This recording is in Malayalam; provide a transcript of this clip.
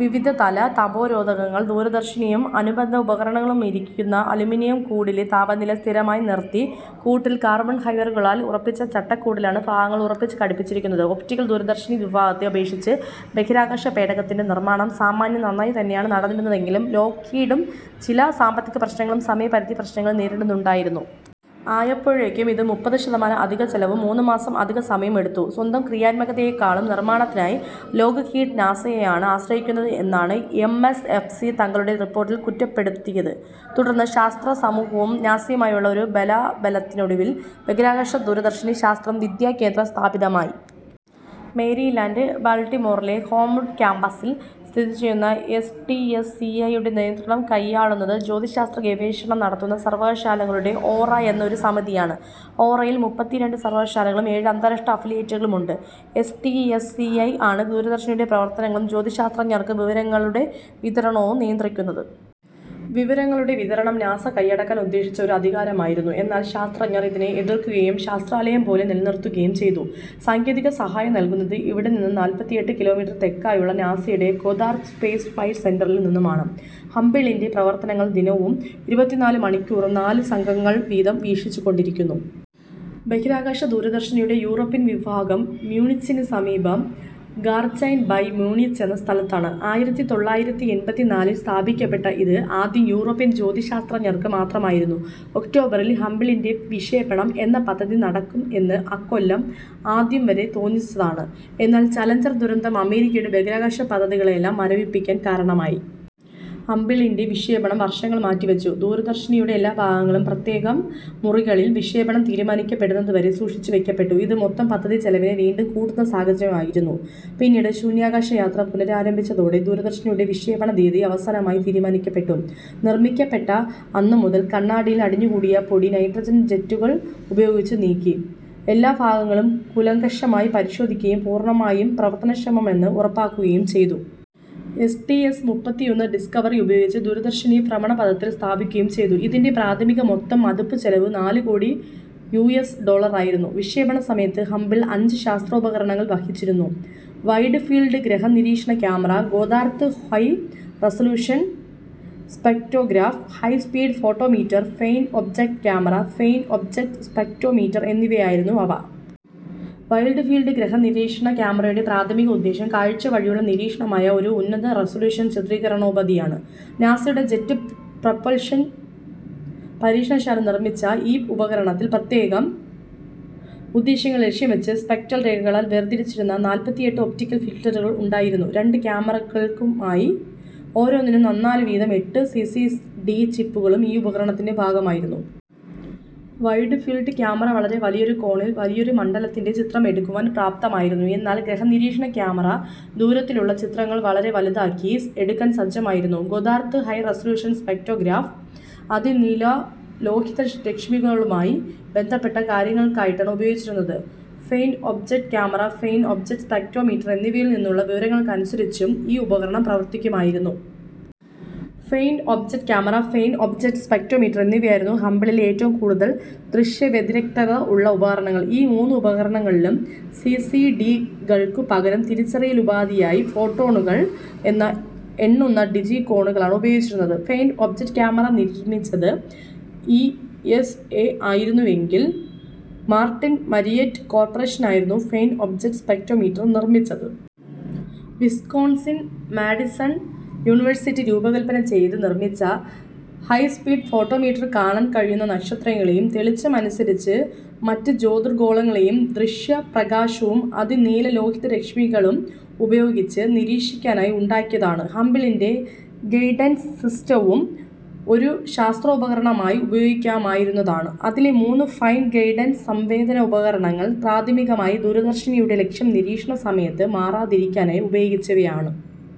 വിവിധതല താപരോധകങ്ങൾ ദൂരദർശിനിയും അനുബന്ധ ഉപകരണങ്ങളുമിരിക്കുന്ന അലൂമിനിയം കൂടിലെ താപനില സ്ഥിരമായി നിർത്തി. കൂട്ടിൽ കാർബൺ ഫൈബറുകളാൽ ഉറപ്പിച്ച ചട്ടക്കൂടിലാണ് ഫാഗങ്ങൾ ഉറപ്പിച്ചു ഘടിപ്പിച്ചിരിക്കുന്നത്. ഒപ്റ്റിക്കൽ ദൂരദർശിനി വിഭാഗത്തെ അപേക്ഷിച്ച് ബഹിരാകാശ പേടകത്തിൻ്റെ നിർമ്മാണം സാമാന്യം നന്നായി തന്നെയാണ് നടന്നിരുന്നതെങ്കിലും ലോക്ഹീഡും ചില സാമ്പത്തിക പ്രശ്നങ്ങളും സമയപരിധി പ്രശ്നങ്ങളും നേരിടുന്നുണ്ടായിരുന്നു. ആയപ്പോഴേക്കും ഇത് മുപ്പത് ശതമാനം അധിക ചെലവും മൂന്നുമാസം അധികം സമയവും എടുത്തു. സ്വന്തം ക്രിയാത്മകതയേക്കാളും നിർമ്മാണത്തിനായി ലോക്ഹീഡ് നാസയെ ആണ് ആശ്രയിക്കുന്നത് എന്നാണ് എം എസ് എഫ് സി തങ്ങളുടെ റിപ്പോർട്ടിൽ കുറ്റപ്പെടുത്തിയത്. തുടർന്ന് ശാസ്ത്രസമൂഹവും നാസയുമായുള്ള ഒരു ബലാബലത്തിനൊടുവിൽ ബഹിരാകാശ ദൂരദർശിനി ശാസ്ത്ര വിദ്യാകേന്ദ്രം സ്ഥാപിതമായി. മേരിലാൻ്റ് ബാൽട്ടിമോറിലെ ഹോംവുഡ് കാമ്പസിൽ സ്ഥിതിചെയ്യുന്ന S T S C I യുടെ നിയന്ത്രണം കൈയാളുന്നത്, ജ്യോതിശാസ്ത്രഗവേഷണം നടത്തുന്ന സർവ്വകലാശാലകളുടെ ഓറ എന്ന ഒരു സമിതിയാണ്. ഓറയിൽ മുപ്പത്തിരണ്ട് സർവ്വകലാശാലകളും ഏഴ് അന്താരാഷ്ട്ര അഫിലിയേറ്റുകളുമുണ്ട്. S T S C I ആണ് ദൂരദർശിനിയുടെ പ്രവർത്തനങ്ങളും ജ്യോതിശാസ്ത്രജ്ഞർക്ക് വിവരങ്ങളുടെ വിതരണവും നിയന്ത്രിക്കുന്നത്. വിവരങ്ങളുടെ വിതരണം നാസ കൈയടക്കാൻ ഉദ്ദേശിച്ച ഒരു അധികാരമായിരുന്നു, എന്നാൽ ശാസ്ത്രജ്ഞർ ഇതിനെ എതിർക്കുകയും ശാസ്ത്രാലയം പോലെ നിലനിർത്തുകയും ചെയ്തു. സാങ്കേതിക സഹായം നൽകുന്നത് ഇവിടെ നിന്നും നാൽപ്പത്തിയെട്ട് കിലോമീറ്റർ തെക്കായുള്ള നാസയുടെ ഗോദ്ദാർദ് സ്പേസ് ഫ്ലൈറ്റ് സെൻ്ററിൽ നിന്നുമാണ്. ഹംബ്ബിളിൻ്റെ പ്രവർത്തനങ്ങൾ ദിനവും ഇരുപത്തിനാല് മണിക്കൂറും നാലു സംഘങ്ങൾ വീതം വീക്ഷിച്ചുകൊണ്ടിരിക്കുന്നു. ബഹിരാകാശ ദൂരദർശിനിയുടെ യൂറോപ്യൻ വിഭാഗം മ്യൂണിച്ചിനു സമീപം ഗാർചെൻ ബെ മ്യൂണിച്ച് എന്ന സ്ഥലത്താണ്. ആയിരത്തി തൊള്ളായിരത്തി എൺപത്തിനാലിൽ സ്ഥാപിക്കപ്പെട്ട ഇത് ആദ്യം യൂറോപ്യൻ ജ്യോതിശാസ്ത്രജ്ഞർക്ക് മാത്രമായിരുന്നു. ഒക്ടോബറിൽ ഹംബ്ബിളിൻ്റെ വിക്ഷേപണം എന്ന പദ്ധതി നടക്കും എന്ന് ആക്കൊല്ലം ആദ്യം വരെ തോന്നിച്ചതാണ്. എന്നാൽ ചലഞ്ചർ ദുരന്തം അമേരിക്കയുടെ ബഹിരാകാശ പദ്ധതികളെല്ലാം മരവിപ്പിക്കാൻ കാരണമായി. ഹംബിളിൻ്റെ വിക്ഷേപണം വർഷങ്ങൾ മാറ്റിവച്ചു. ദൂരദർശിനിയുടെ എല്ലാഭാഗങ്ങളും പ്രത്യേകം മുറികളിൽ വിക്ഷേപണം തീരുമാനിക്കപ്പെടുന്നതുവരെ സൂക്ഷിച്ചുവെക്കപ്പെട്ടു. ഇത് മൊത്തം പദ്ധതിച്ചെലവിനെ വീണ്ടും കൂട്ടുന്ന സാഹചര്യം ആയിരുന്നു. പിന്നീട് ശൂന്യാകാശയാത്ര പുനരാരംഭിച്ചതോടെ ദൂരദർശിനിയുടെ വിക്ഷേപണ തീയതി അവസാനമായി തീരുമാനിക്കപ്പെട്ടു. നിർമ്മിക്കപ്പെട്ട അന്നുമുതൽ കണ്ണാടിയിൽ അടിഞ്ഞുകൂടിയ പൊടി നൈട്രജൻ ജെറ്റുകൾ ഉപയോഗിച്ച് നീക്കി, എല്ലാ ഫാഗങ്ങളും കുലങ്കഷമായി പരിശോധിക്കുകയും പൂർണ്ണമായും പ്രവർത്തനക്ഷമമെന്ന് ഉറപ്പാക്കുകയും ചെയ്തു. എസ് ടി എസ് മുപ്പത്തിയൊന്ന് ഡിസ്കവറി ഉപയോഗിച്ച് ദൂരദർശിനി ഭ്രമണപഥത്തിൽ സ്ഥാപിക്കുകയും ചെയ്തു. ഇതിൻ്റെ പ്രാഥമിക മൊത്തം മതിപ്പുചെലവ് നാലുകോടി യു എസ് ഡോളറായിരുന്നു. വിക്ഷേപണസമയത്ത് ഹബ്ബിൾ അഞ്ച് ശാസ്ത്രോപകരണങ്ങൾ വഹിച്ചിരുന്നു. വൈഡ് ഫീൽഡ് ഗ്രഹനിരീക്ഷണ camera, Goddard high resolution spectrograph, high speed photometer, faint object camera, faint object spectrometer എന്നിവയായിരുന്നു അവ. വൈഡ് ഫീൽഡ് ഗ്രഹനിരീക്ഷണ ക്യാമറയുടെ പ്രാഥമിക ഉദ്ദേശം കാഴ്ചവഴിയുള്ള നിരീക്ഷണമായ ഒരു ഉന്നത റെസലൂഷൻ ചിത്രീകരണോപാധിയാണ്. നാസയുടെ ജെറ്റ് പ്രൊപൽഷൻ പരീക്ഷണശാല നിർമ്മിച്ചാൽ ഈ ഉപകരണത്തിൽ പ്രത്യേകം ഉദ്ദേശ്യങ്ങൾ ലക്ഷ്യം വെച്ച് സ്പെക്ട്രൽ രേഖകളാൽ വേർതിരിച്ചിരുന്ന നാൽപ്പത്തിയെട്ട് ഒപ്റ്റിക്കൽ ഫിൽറ്ററുകൾ ഉണ്ടായിരുന്നു. രണ്ട് ക്യാമറകൾക്കുമായി, ഓരോന്നിനും നന്നാലു വീതം എട്ട് സി സി ഡി ചിപ്പുകളും ഈ ഉപകരണത്തിൻ്റെ ഭാഗമായിരുന്നു. വൈഡ് ഫീൽഡ് ക്യാമറ വളരെ വലിയൊരു കോണിൽ വലിയൊരു മണ്ഡലത്തിൻ്റെ ചിത്രം എടുക്കുവാൻ പ്രാപ്തമായിരുന്നു. എന്നാൽ ഗ്രഹനിരീക്ഷണ ക്യാമറ ദൂരത്തിലുള്ള ചിത്രങ്ങൾ വളരെ വലുതാക്കി എടുക്കാൻ സജ്ജമായിരുന്നു. ഗോദ്ദാർദ് ഹൈ റെസലൂഷൻ സ്പെക്ട്രോഗ്രാഫ് അതിനീലലോഹിതരശ്മികളുമായി ബന്ധപ്പെട്ട കാര്യങ്ങൾക്കായിട്ടാണ് ഉപയോഗിച്ചിരുന്നത്. Faint object camera, faint object spectrometer എന്നിവയിൽ നിന്നുള്ള വിവരങ്ങൾക്കനുസരിച്ചും ഈ ഉപകരണം പ്രവർത്തിക്കുമായിരുന്നു. Faint object camera, faint object spectrometer എന്നിവയായിരുന്നു ഹംബ്ബിളിലെ ഏറ്റവും കൂടുതൽ ദൃശ്യവ്യതിരിക്തത ഉള്ള ഉപകരണങ്ങൾ. ഈ മൂന്നുപകരണങ്ങളിലും സി സി ഡി കൾക്കു പകരം തിരിച്ചറിയലുപാധിയായി ഫോട്ടോണുകൾ എന്ന് എണ്ണുന്ന ഡിജികോണുകളാണ് ഉപയോഗിച്ചിരുന്നത്. ഫെയിൻ്റ് ഒബ്ജക്റ്റ് ക്യാമറ നിർമ്മിച്ചത് ഇ എസ് എ ആയിരുന്നുവെങ്കിൽ, മാർട്ടിൻ മരിയെറ്റ കോർപ്പറേഷനായിരുന്നു ഫെയിൻ്റ് ഒബ്ജക്റ്റ് സ്പെക്ട്രോമീറ്റർ നിർമ്മിച്ചത്. വിസ്കോൺസിൻ മാഡിസൺ യൂണിവേഴ്സിറ്റി രൂപകല്പന ചെയ്ത് നിർമ്മിച്ച ഹൈസ്പീഡ് ഫോട്ടോമീറ്റർ കാണാൻ കഴിയുന്ന നക്ഷത്രങ്ങളേയും തെളിച്ചം അനുസരിച്ച് മറ്റ് ജ്യോതിർഗോളങ്ങളേയും ദൃശ്യപ്രകാശവും അതിനീലലോഹിതരശ്മികളും ഉപയോഗിച്ച് നിരീക്ഷിക്കാനായി ഉണ്ടാക്കിയതാണ്. ഹംബ്ബിളിൻ്റെ ഗൈഡൻസ് സിസ്റ്റവും ഒരു ശാസ്ത്രോപകരണമായി ഉപയോഗിക്കാമായിരുന്നതാണ്. അതിലെ മൂന്നു ഫൈൻ ഗൈഡൻസ് സംവേദനോപകരണങ്ങൾ പ്രാഥമികമായി ദൂരദർശിനിയുടെ ലക്ഷ്യം നിരീക്ഷണസമയത്ത് മാറാതിരിക്കാനായി ഉപയോഗിച്ചവയാണ്.